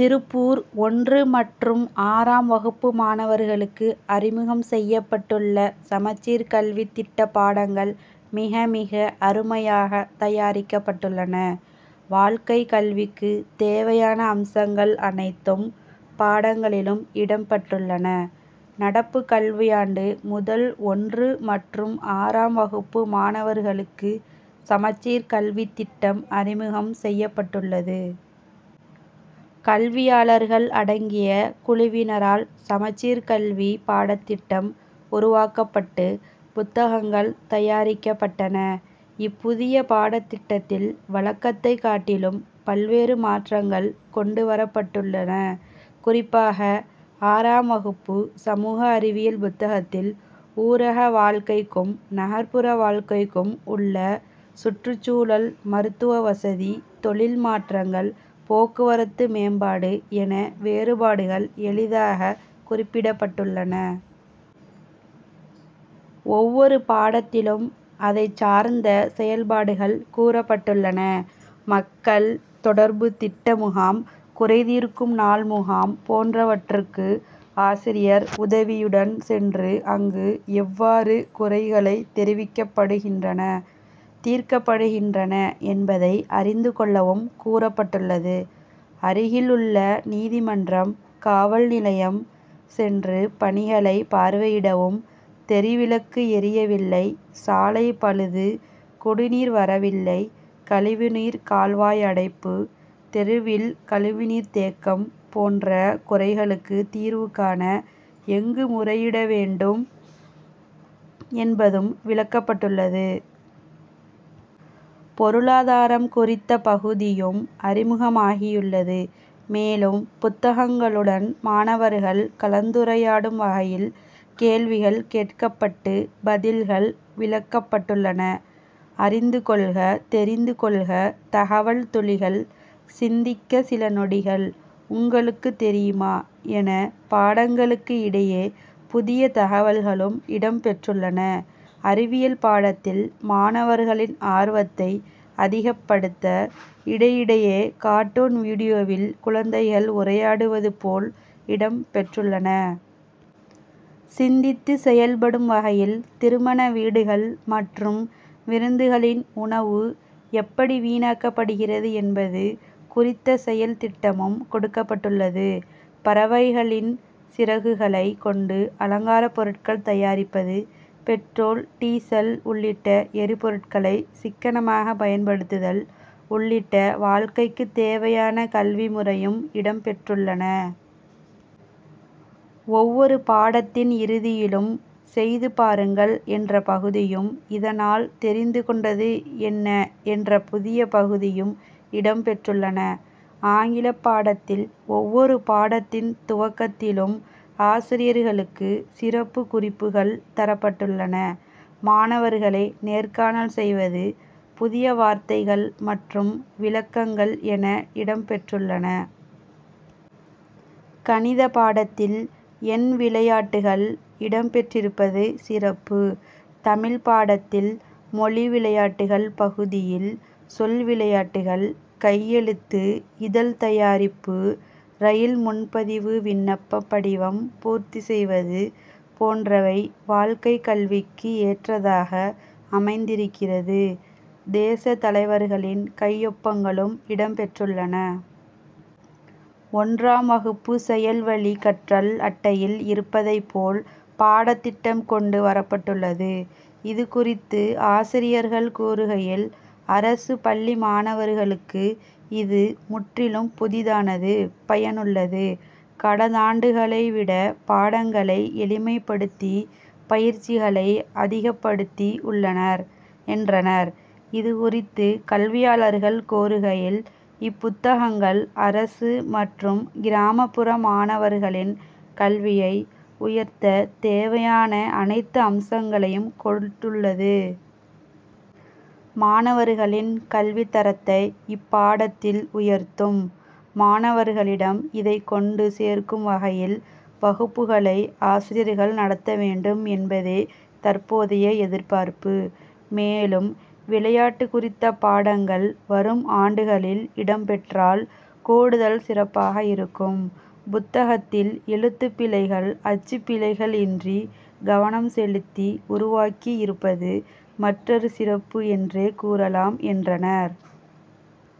திருப்பூர் ஒன்று மற்றும் ஆறாம் வகுப்பு மாணவர்களுக்கு அறிமுகம் செய்யப்பட்டுள்ள, சமச்சீர் கல்வித்திட்ட பாடங்கள் மிக, மிக அருமையாக தயாரிக்கப்பட்டுள்ளன. வாழ்க்கை கல்விக்கு தேவையான அம்சங்கள் அனைத்தும், பாடங்களில் இடம் பெற்றுள்ளன. நடப்பு கல்வியாண்டு முதல் ஒன்று மற்றும் ஆறாம் வகுப்பு மாணவர்களுக்கு சமச்சீர் கல்வித்திட்டம் அறிமுகம் செய்யப்பட்டுள்ளது. கல்வியாளர்கள் அடங்கிய குழுவினரால், சமச்சீர் கல்வி பாடத்திட்டம் உருவாக்கப்பட்டு, புத்தகங்கள் தயாரிக்கப்பட்டன. இப்புதிய பாடத்திட்டத்தில், வழக்கத்தை காட்டிலும் பல்வேறு மாற்றங்கள் கொண்டு வரப்பட்டுள்ளன. குறிப்பாக, ஆறாம் வகுப்பு சமூக அறிவியல் புத்தகத்தில் ஊரக வாழ்க்கைக்கும், நகர்ப்புற வாழ்க்கைக்கும் உள்ள சுற்றுச்சூழல், மருத்துவ வசதி, தொழில் மாற்றங்கள், போக்குவரத்து மேம்பாடு என வேறுபாடுகள் எளிதாக குறிப்பிடப்பட்டுள்ளன. ஒவ்வொரு பாடத்திலும், அதைச்சார்ந்த செயல்பாடுகள் கூறப்பட்டுள்ளன. மக்கள் தொடர்பு திட்ட முகாம், குறைதீர்க்கும் நாள் முகாம் போன்றவற்றுக்கு ஆசிரியர் உதவியுடன் சென்று அங்கு எவ்வாறு குறைகள் தெரிவிக்கப்படுகின்றன, தீர்க்கப்படுகின்றன என்பதை அறிந்து கொள்ளவும் கூறப்பட்டுள்ளது. அருகில் உள்ள நீதிமன்றம், காவல் நிலையம் சென்று பணிகளை பார்வையிடவும், தெருவிளக்கு எரியவில்லை, சாலை பழுது, குடிநீர் வரவில்லை, கழிவு நீர் கால்வாய் அடைப்பு, தெருவில் கழிவு நீர் தேக்கம் போன்ற குறைகளுக்கு தீர்வு காண, எங்கு முறையிட வேண்டும் என்பதும் விளக்கப்பட்டுள்ளது. பெருளாதாரம் குறித்த பகுதியும் அறிமுகமாகியுள்ளது. மேலும், புத்தகங்களுடன் மாணவர்கள் கலந்துரையாடும் வகையில், கேள்விகள் கேட்கப்பட்டு பதில்கள் விளக்கப்பட்டுள்ளன. அறிந்து கொள்க, தெரிந்து கொள்க, தகவல் துளிகள், சிந்திக்க சில நொடிகள், உங்களுக்கு தெரியுமா என பாடங்களுக்கு இடையே புதிய தகவல்களும் இடம் பெற்றுள்ளன. அறிவியல் பாடத்தில், மாணவர்களின் ஆர்வத்தை அதிகப்படுத்த இடையிடையே கார்ட்டூன், வீடியோவில் குழந்தைகள் உரையாடுவது போல் இடம் பெற்றுள்ளன. சிந்தித்து செயல்படும் வகையில், திருமண வீடுகள் மற்றும் விருந்துகளில் உணவு எப்படி வீணாக்கப்படுகிறது என்பது குறித்த செயல் திட்டமும் கொடுக்கப்பட்டுள்ளது. பறவைகளின் சிறகுகளை கொண்டு அலங்கார பொருட்கள் தயாரிப்பது, பெட்ரோல், டீசல் உள்ளிட்ட எரிபொருட்களை சிக்கனமாக பயன்படுத்துதல் உள்ளிட்ட வாழ்க்கைக்கு தேவையான கல்வி முறையும் இடம் பெற்றுள்ளன. ஒவ்வொரு பாடத்தின் இறுதியிலும், செய்து பாருங்கள் என்ற பகுதியும், இதனால் தெரிந்து கொண்டது என்ன என்ற புதிய பகுதியும் இடம் பெற்றுள்ளன. ஆங்கிலப் பாடத்தில், ஒவ்வொரு பாடத்தின் துவக்கத்திலும் ஆசிரியர்களுக்கு சிறப்பு குறிப்புகள் தரப்பட்டுள்ளன. மாணவர்களை நேர்காணல் செய்வது, புதிய வார்த்தைகள் மற்றும் விளக்கங்கள் என இடம் பெற்றுள்ளன. கணித பாடத்தில், எண் விளையாட்டுகள் இடம் பெற்றிருப்பது சிறப்பு. தமிழ் பாடத்தில், மொழி விளையாட்டுகள் பகுதியில், சொல் விளையாட்டுகள், கையெழுத்து இதழ் தயாரிப்பு, ரயில் முன்பதிவு விண்ணப்ப படிவம் பூர்த்தி செய்வது போன்றவை வாழ்க்கை கல்விக்கு ஏற்றதாக அமைந்திருக்கிறது, தேச தலைவர்களின் கையொப்பங்களும் இடம் பெற்றுள்ளன. ஒன்றாம் வகுப்பு செயல்வழி கற்றல் அட்டையில் இருப்பதை போல், பாடத்திட்டம் கொண்டு வரப்பட்டுள்ளது. இதுகுறித்து ஆசிரியர்கள் கூறுகையில், அரசு பள்ளி மாணவர்களுக்கு இது முற்றிலும் புதிதானது, பயனுள்ளது. கடந்தாண்டுகளை விட, பாடங்களை எளிமைப்படுத்தி, பயிற்சிகளை அதிகப்படுத்தி உள்ளனர், என்றனர். இதுகுறித்து கல்வியாளர்கள் கூறுகையில், இப்புத்தகங்கள், அரசு மற்றும் கிராமப்புற மாணவர்களின் கல்வியை உயர்த்த தேவையான அனைத்து அம்சங்களையும் கொண்டுள்ளது. மாணவர்களின் கல்வி தரத்தை இப்பாடத்திட்டம் உயர்த்தும். மாணவர்களிடம் இதை கொண்டு சேர்க்கும் வகையில் வகுப்புகளை ஆசிரியர்கள் நடத்த வேண்டும் என்பதே தற்போதைய எதிர்பார்ப்பு. மேலும், விளையாட்டு குறித்த பாடங்கள் வரும் ஆண்டுகளில் இடம் பெற்றால், கூடுதல் சிறப்பாக இருக்கும். புத்தகத்தில், எழுத்து பிழைகள், அச்சு பிழைகள் இன்றி, கவனம் செலுத்தி உருவாக்கி இருப்பது, மற்றொரு சிறப்பு என்றே கூறலாம், என்றனர்.